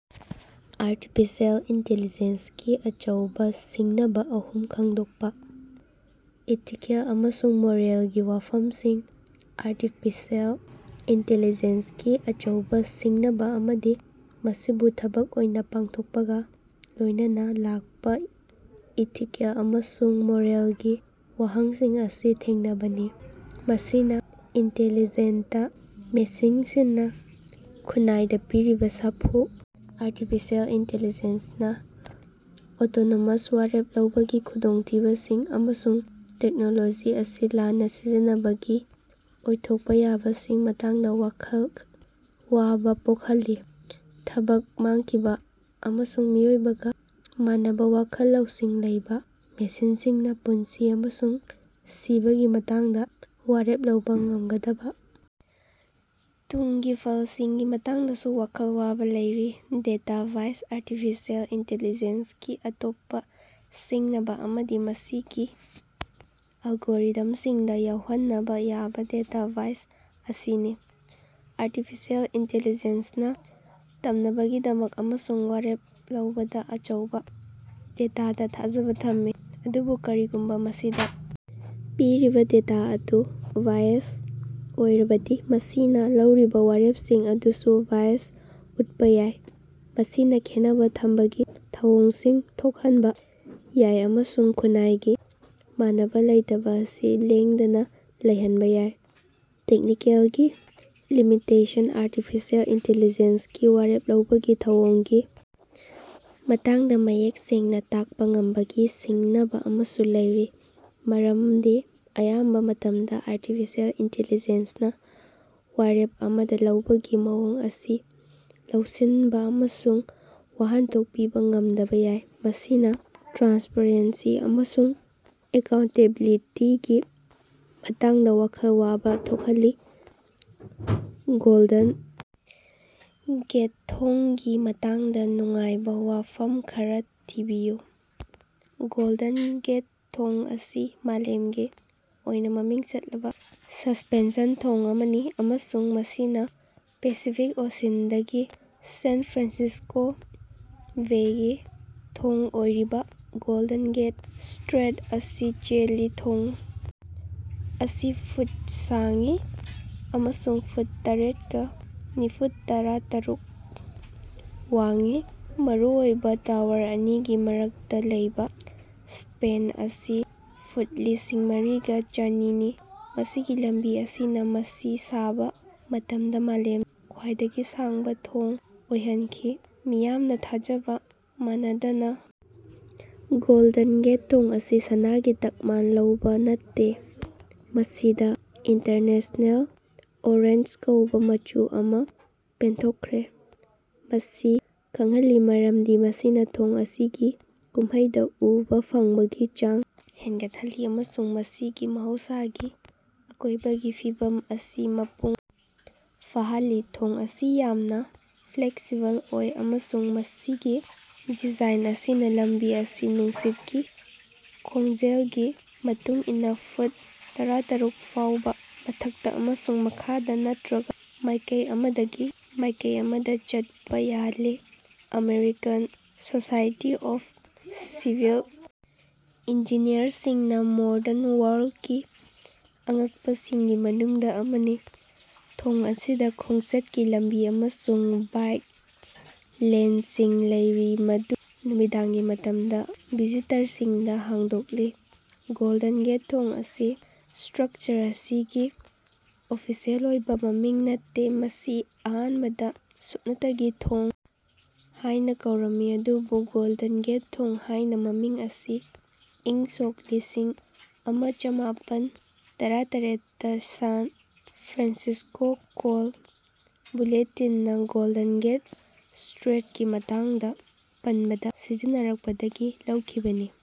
Artificial ꯏꯟꯇꯦꯂꯤꯖꯦꯟꯁꯀꯤ ꯑꯆꯧꯕ ꯁꯤꯡꯅꯕ ꯑꯍꯨꯝ ꯈꯪꯗꯣꯛꯄꯥ꯫ ꯏꯊꯤꯀꯦꯜ ꯑꯃꯁꯨꯡ ꯃꯣꯔꯦꯜꯒꯤ ꯋꯥꯐꯝꯁꯤꯡ ꯑꯔꯇꯤꯐꯤꯑꯦꯜ ꯏꯟꯇꯦꯂꯤꯖꯦꯟꯁꯀꯤ ꯑꯆꯧꯕ ꯁꯤꯡꯅꯕ ꯑꯃꯗꯤ ꯃꯁꯤꯕꯨ ꯊꯕꯛ ꯑꯣꯏꯅ ꯄꯥꯡꯊꯣꯛꯄꯒꯥ ꯂꯣꯏꯅꯅꯥ ꯂꯥꯛꯄꯥ ꯏꯊꯤꯀꯦꯜ ꯑꯃꯁꯨꯡ ꯃꯣꯔꯦꯜꯒꯤ ꯋꯥꯍꯪꯁꯤꯡ ꯑꯁꯤ ꯊꯦꯡꯅꯕꯅꯤ꯫ ꯃꯁꯤꯅꯥ ꯏꯟꯇꯦꯂꯤꯖꯦꯟꯇ ꯃꯦꯁꯤꯟꯁꯤꯡꯅꯥ ꯈꯨꯟꯅꯥꯏꯗ ꯄꯤꯔꯤꯕ ꯁꯥꯐꯨ ꯑꯔꯇꯤꯐꯤꯁꯦꯜ ꯏꯟꯇꯦꯂꯤꯖꯦꯟꯁꯅꯥ ꯑꯣꯇꯣꯅꯣꯃꯁ ꯋꯥꯔꯦꯞ ꯂꯧꯕꯒꯤ ꯈꯨꯗꯣꯡꯊꯤꯕꯁꯤꯡ, ꯑꯃꯁꯨꯡ ꯇꯦꯛꯅꯣꯂꯣꯖꯤ ꯑꯁꯤ ꯂꯥꯟꯅꯥ ꯁꯤꯖꯤꯟꯅꯕꯒꯤ ꯑꯣꯏꯊꯣꯛꯄꯥ ꯌꯥꯕꯁꯤꯡꯒꯤ ꯃꯇꯥꯡꯗꯥ ꯋꯥꯈꯜ ꯋꯥꯕ ꯄꯣꯛꯍꯜꯂꯤ꯫ ꯊꯕꯛ ꯃꯥꯡꯈꯤꯕ ꯑꯃꯁꯨꯡ ꯃꯤꯑꯣꯏꯕꯒꯥ ꯃꯥꯟꯅꯕ ꯋꯥꯈꯜ ꯂꯧꯁꯤꯡ ꯂꯩꯕ ꯃꯦꯁꯤꯟꯁꯤꯡꯅꯥ ꯄꯨꯟꯁꯤ ꯑꯃꯁꯨꯡ ꯁꯤꯕꯒꯤ ꯃꯇꯥꯡꯗ ꯋꯥꯔꯦꯞ ꯂꯧꯕ ꯉꯝꯒꯗꯕ ꯇꯨꯡꯒꯤ ꯐꯂꯁꯤꯡꯒꯤ ꯃꯇꯥꯡꯗꯁꯨ ꯋꯥꯈꯜ ꯋꯥꯕꯥ ꯂꯩꯔꯤ꯫ ꯗꯦꯇꯥ ꯕꯥꯏꯁ ꯑꯥꯜꯔꯇꯤꯐꯤꯑꯦꯜ ꯏꯟꯇꯦꯂꯤꯖꯦꯟꯁꯀꯤ ꯑꯇꯣꯞꯄꯥ ꯁꯤꯡꯅꯕꯥ ꯑꯃꯗꯤ ꯃꯁꯤꯒꯤ ꯑꯦꯂꯒꯣꯔꯤꯊꯝꯁꯤꯡꯗꯥ ꯌꯥꯎꯍꯟꯅꯕ ꯌꯥꯕ ꯗꯦꯇꯥ ꯕꯥꯏꯁ ꯑꯁꯤꯅꯤ꯫ ꯑꯔꯇꯤꯐꯤꯁꯦꯜ ꯏꯟꯇꯦꯂꯤꯖꯦꯟꯅꯥ ꯇꯝꯅꯕꯒꯤꯗꯃꯛ ꯑꯃꯁꯨꯡ ꯋꯥꯔꯦꯞ ꯂꯧꯕꯗꯥ ꯑꯆꯧꯕ ꯗꯦꯇꯥꯗꯥ ꯊꯥꯖꯕ ꯊꯝꯃꯤ, ꯑꯗꯨꯕꯨ ꯀꯔꯤꯒꯨꯝꯕ ꯃꯁꯤꯗꯥ ꯄꯤꯔꯤꯕ ꯗꯦꯇꯥ ꯑꯗꯨ ꯕꯥꯏꯑꯦꯖ ꯑꯣꯏꯔꯕꯗꯤ, ꯃꯁꯤꯅꯥ ꯂꯧꯔꯤꯕ ꯋꯥꯔꯦꯞꯁꯤꯡ ꯑꯗꯨꯁꯨ ꯕꯥꯏꯁ ꯎꯠꯄꯥ ꯌꯥꯏ꯫ ꯃꯁꯤꯅꯥ ꯈꯦꯟꯅꯕ ꯊꯝꯕꯒꯤ ꯊꯧꯑꯣꯡꯁꯤꯡ ꯊꯣꯛꯍꯟꯕꯥ ꯌꯥꯏ ꯑꯃꯁꯨꯡ ꯈꯨꯟꯅꯥꯏꯒꯤ ꯃꯥꯟꯅꯕ ꯂꯩꯇꯕ ꯑꯁꯤ ꯂꯦꯡꯗꯅꯥ ꯂꯩꯍꯟꯕ ꯌꯥꯏ꯫ ꯇꯦꯛꯅꯤꯀꯦꯜꯒꯤ ꯂꯤꯃꯤꯇꯦꯁꯟ ꯑꯔꯇꯤꯐꯤꯁꯦꯜ ꯏꯟꯇꯦꯂꯤꯖꯦꯟꯒꯤ ꯋꯥꯔꯦꯞ ꯂꯧꯕꯒꯤ ꯊꯧꯑꯣꯡꯒꯤ ꯃꯇꯥꯡꯗꯥ ꯃꯌꯦꯛ ꯁꯦꯡꯅꯥ ꯇꯥꯛꯄꯥ ꯉꯝꯕꯒꯤ ꯁꯤꯡꯅꯕ ꯑꯃꯁꯨ ꯂꯩꯔꯤ, ꯃꯔꯝꯗꯤ ꯑꯌꯥꯝꯕ ꯃꯇꯝꯗꯥ ꯑꯔꯇꯤꯐꯤꯁꯦꯜ ꯏꯟꯇꯦꯂꯤꯖꯦꯟꯅꯥ ꯋꯥꯔꯦꯞ ꯑꯃꯥ ꯂꯧꯕꯒꯤ ꯃꯑꯣꯡ ꯑꯁꯤ ꯂꯧꯁꯤꯟꯕ ꯑꯃꯁꯨꯡ ꯋꯥꯍꯟꯊꯣꯛ ꯄꯤꯕ ꯉꯝꯗꯕꯥ ꯌꯥꯏ, ꯃꯁꯤꯅꯥ ꯇ꯭ꯔꯥꯟꯁꯄꯔꯦꯟꯁꯤ ꯑꯃꯁꯨꯡ ꯑꯦꯀꯥꯎꯟꯇꯦꯕꯤꯂꯤꯇꯤꯒꯤ ꯃꯇꯥꯡꯗꯥ ꯋꯥꯈꯜ ꯋꯥꯕ ꯊꯣꯛꯍꯜꯂꯤ꯫ ꯒꯣꯜꯗꯟ ꯒꯦꯠ ꯊꯣꯡꯒꯤ ꯃꯇꯥꯡꯗꯥ ꯅꯨꯡꯉꯥꯏꯕ ꯋꯥꯐꯝ ꯈꯔꯥ ꯊꯤꯕꯤꯌꯨ꯫ ꯒꯣꯜꯗꯟ ꯒꯦꯠ ꯊꯣꯡ ꯑꯁꯤ ꯃꯥꯂꯦꯝꯒꯤ ꯑꯣꯏꯅ ꯃꯃꯤꯡ ꯆꯠꯂꯕ ꯁꯁ꯭ꯄꯦꯟꯁꯟ ꯊꯣꯡ ꯑꯃꯅꯤ ꯑꯃꯁꯨꯡ ꯃꯁꯤꯅꯥ ꯄꯦꯁꯤꯐꯤꯛ ꯑꯣꯁꯤꯟꯗꯒꯤ ꯁꯥꯟ ꯐ꯭ꯔꯥꯟꯁꯤꯁ꯭ꯀꯣ ꯕꯦꯒꯤ ꯊꯣꯡ ꯑꯣꯏꯔꯤꯕ ꯒꯣꯜꯗꯟ ꯒꯦꯠ ꯁ꯭ꯠꯔꯦꯠ ꯑꯁꯤ ꯆꯦꯜꯂꯤ꯫ ꯊꯣꯡ ꯑꯁꯤ ꯐꯨꯠ ꯁꯥꯡꯏ ꯑꯃꯁꯨꯡ ꯐꯨꯠ ꯆꯥꯇꯔꯦꯠꯒ ꯅꯤꯐꯨꯇꯥꯔꯨꯛ ꯋꯥꯡꯏ꯫ ꯃꯔꯨꯑꯣꯏꯕ ꯇꯋꯥꯔ ꯑꯅꯤꯒꯤ ꯃꯔꯛꯇ ꯂꯩꯕ ꯁ꯭ꯄꯦꯟ ꯑꯁꯤ ꯐꯨꯠ ꯂꯤꯁꯤꯡ ꯃꯔꯤꯒ ꯆꯥꯅꯤꯅꯤ ꯃꯁꯤꯒꯤ ꯂꯝꯕꯤ ꯑꯁꯤꯅꯥ ꯃꯁꯤ ꯁꯥꯕ ꯃꯇꯝꯗ ꯃꯥꯂꯦꯝꯗ ꯈ꯭ꯋꯥꯏꯗꯒꯤ ꯁꯥꯡꯕ ꯊꯣꯡ ꯑꯣꯏꯍꯟꯈꯤ꯫ ꯃꯤꯌꯥꯝꯅꯥ ꯊꯥꯖꯕꯒ ꯃꯥꯟꯅꯗꯅꯥ, ꯒꯣꯜꯗꯟ ꯒꯦꯠ ꯊꯣꯡ ꯑꯁꯤ ꯁꯅꯥꯒꯤ ꯇꯛꯃꯥꯟ ꯂꯧꯕ ꯅꯠꯇꯦ꯫ ꯃꯁꯤꯗꯥ ꯏꯟꯇꯔꯅꯦꯁ꯭ꯅꯦꯜ ꯑꯣꯔꯦꯟꯖ ꯀꯧꯕ ꯃꯆꯨ ꯑꯃꯥ ꯄꯦꯟꯊꯣꯛꯈ꯭ꯔꯦ ꯃꯁꯤ ꯈꯪꯍꯜꯂꯤ ꯃꯔꯝꯗꯤ ꯃꯁꯤꯅꯥ ꯊꯣꯡ ꯑꯁꯤꯒꯤ ꯀꯨꯝꯍꯩꯗꯥ ꯎꯕꯥ ꯐꯪꯕꯒꯤ ꯆꯥꯡ ꯍꯦꯟꯒꯠꯍꯜꯂꯤ ꯑꯃꯁꯨꯡ ꯃꯁꯤꯒꯤ ꯃꯍꯧꯁꯥꯒꯤ ꯑꯀꯣꯏꯕꯒꯤ ꯐꯤꯕꯝ ꯑꯁꯤ ꯃꯄꯨꯡ ꯐꯥꯍꯜꯂꯤ꯫ ꯊꯣꯡ ꯑꯁꯤ ꯌꯥꯝꯅ ꯐ꯭ꯂꯦꯛꯁꯤꯕꯜ ꯑꯣꯏ ꯑꯃꯁꯨꯡ ꯃꯁꯤꯒꯤ ꯗꯤꯖꯥꯏꯟ ꯑꯁꯤꯅꯥ ꯂꯝꯕꯤ ꯑꯁꯤ ꯅꯨꯡꯁꯤꯠꯀꯤ ꯈꯣꯡꯖꯦꯜꯒꯤ ꯃꯇꯨꯡ ꯏꯟꯅꯥ ꯐꯨꯠ ꯇꯔꯥꯇꯥꯔꯨꯛ ꯐꯥꯎꯕ ꯃꯊꯛꯇꯥ ꯑꯃꯁꯨꯡ ꯃꯈꯥꯗꯥ ꯅꯠꯇ꯭ꯔꯒ ꯃꯥꯏꯀꯩ ꯑꯃꯗꯒꯤ ꯃꯥꯏꯀꯩ ꯑꯃꯗꯥ ꯆꯠꯄ ꯌꯥꯍꯜꯂꯤ꯫ ꯑꯃꯦꯔꯤꯀꯥꯟ ꯁꯣꯁꯥꯏꯇꯤ ꯑꯣꯐ ꯁꯤꯚꯤꯜ ꯏꯟꯖꯤꯅꯤꯌꯔꯁꯤꯡꯅꯥ ꯃꯣꯗꯔꯟ ꯋꯥꯔꯜꯗꯀꯤ ꯑꯉꯀꯄꯁꯤꯡꯒꯤ ꯃꯅꯨꯡꯗꯥ ꯑꯃꯅꯤ꯫ ꯊꯣꯡ ꯑꯁꯤꯗꯥ ꯈꯣꯡꯆꯠꯀꯤ ꯂꯝꯕꯤ ꯑꯃꯁꯨꯡ ꯕꯥꯏꯛ ꯂꯦꯟꯁꯤꯡ ꯂꯩꯔꯤ ꯃꯗꯨ ꯅꯨꯃꯤꯗꯥꯡꯒꯤ ꯃꯇꯝꯗꯥ ꯚꯤꯖꯤꯇꯔꯁꯤꯡꯗꯥ ꯍꯥꯡꯗꯣꯛꯂꯤ꯫ ꯒꯣꯜꯗꯟ ꯒꯦꯠ ꯊꯣꯡ ꯑꯁꯤ ꯁ꯭ꯠꯔꯀꯆꯔ ꯑꯁꯤꯒꯤ ꯑꯣꯐꯤꯁꯤꯑꯦꯜ ꯑꯣꯏꯕ ꯃꯃꯤꯡ ꯅꯠꯇꯦ꯫ ꯃꯁꯤ ꯑꯍꯥꯟꯕꯗꯥ ꯁꯨꯞꯅꯇꯒꯤ ꯊꯣꯡ ꯍꯥꯏꯅ ꯀꯧꯅꯔꯝꯃꯤ ꯑꯗꯨꯕꯨ ꯒꯣꯜꯗꯟ ꯒꯦꯠ ꯊꯣꯡ ꯍꯥꯏꯅꯥ ꯃꯃꯤꯡ ꯑꯁꯤ ꯏꯪ ꯁꯣꯛ ꯂꯤꯁꯤꯡ ꯑꯃꯥꯆꯥꯃꯥꯄꯟ ꯇꯔꯥꯇꯔꯦꯠꯇꯥ ꯁꯥꯟ ꯐ꯭ꯔꯥꯟꯁꯤꯁ꯭ꯀꯣ ꯀꯣꯜ ꯕꯨꯂꯦꯠꯇꯤꯟꯅꯥ ꯒꯣꯜꯗꯟ ꯒꯦꯠ ꯁ꯭ꯠꯔꯦꯠꯀꯤ ꯃꯇꯥꯡꯗꯥ ꯄꯟꯕꯗꯥ ꯁꯤꯖꯤꯟꯅꯔꯛꯄꯗꯒꯤ ꯂꯧꯈꯤꯕꯅꯤ꯫